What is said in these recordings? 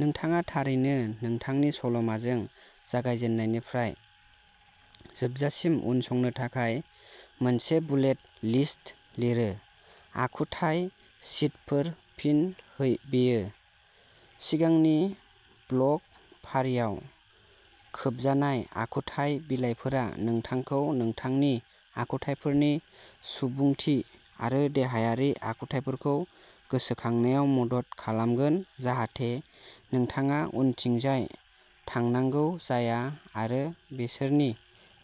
नोंथाङा थारैनो नोंथांनि सल'माजों जागायजेन्नायनिफ्राय जोबजासिम उनसंनो थाखाय मोनसे बुलेट लिस्ट लिरो। आखुथाइ शीटफोर-फिन, बेयो। सिगांनि ब्लग फारिआव खोबजानाय। आखुथाइ बिलाइफोरा नोंथांखौ नोंथांनि आखुथाइफोरनि सुबुंथि आरो देहायारि आखुथायफोरखौ गोसोखांनायाव मदद खालामगोन जाहाथे नोंथाङा उनथिंजाय थांनांगौ जाया आरो बिसोरनि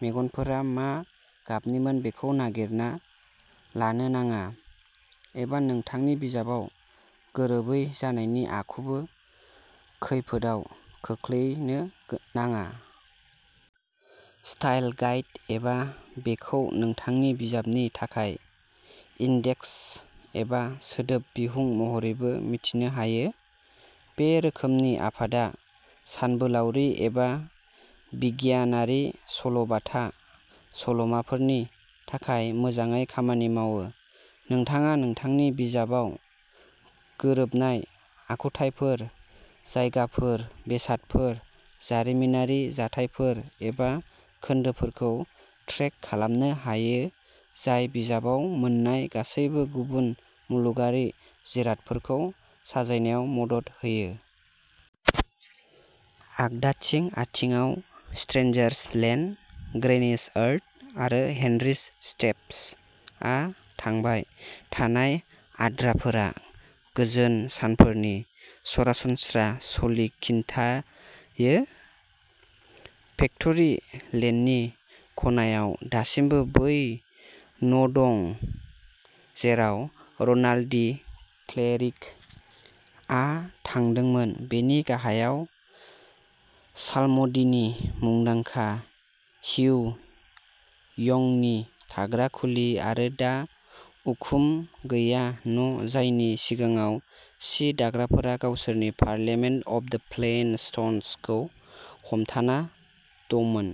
मेगनफोरा मा गाबनिमोन बेखौ नागिरना लानो नाङा एबा नोंथांनि बिजाबाव गोरोबै जानायनि खाबुखौ खैफोदआव खोख्लैनो नाङा। स्टाइल गाइड-एबा बेखौ नोंथांनि बिजाबनि थाखाय इन्डेक्स एबा सोदोब बिहुं महरैबो मिन्थिनो हायो। बे रोखोमनि आफादा सानबोलावरि एबा बिगियानारि सल'बाथा सल'माफोरनि थाखाय मोजाङै खामानि मावो। नोंथाङा नोंथांनि बिजाबाव गोरोबनाय आखुथायफोर, जायगाफोर, बेसादफोर, जारिमिनारि जाथायफोर एबा खोन्दोफोरखौ ट्रेक खालामनो हायो जाय बिजाबाव मोन्नाय गासैबो गुबुन मुलुगारि जिरादफोरखौ साजायनायाव मदद होयो। आगदाथिं, आथिंआव, "स्ट्रेन्ज'स लेन्ड", "ग्रैनी'स अर'स" आरो "हेनरी'स स्टेप्स" आ थांबाय, नाथाय आद्राफोरा गोजोन सानफोरनि सरासनस्रा सल'खिन्थायो। फेक्टरि लेननि खनायाव दासिमबो बै न'दं जेराव र'नाल्ड दि क्लेरिकआ थादोंमोन; बेनि गाहायाव साल्म'डीनि मुंदांखा हिउ यंगनि थाग्रा खुलि; आरो दा उखुम गैयै न' जायनि सिगाङाव सि दाग्राफोरा गावसोरनि "पार्लियामेन्ट अफ दि प्लेन-स्ट'न्स" खौ हमथाना दंमोन।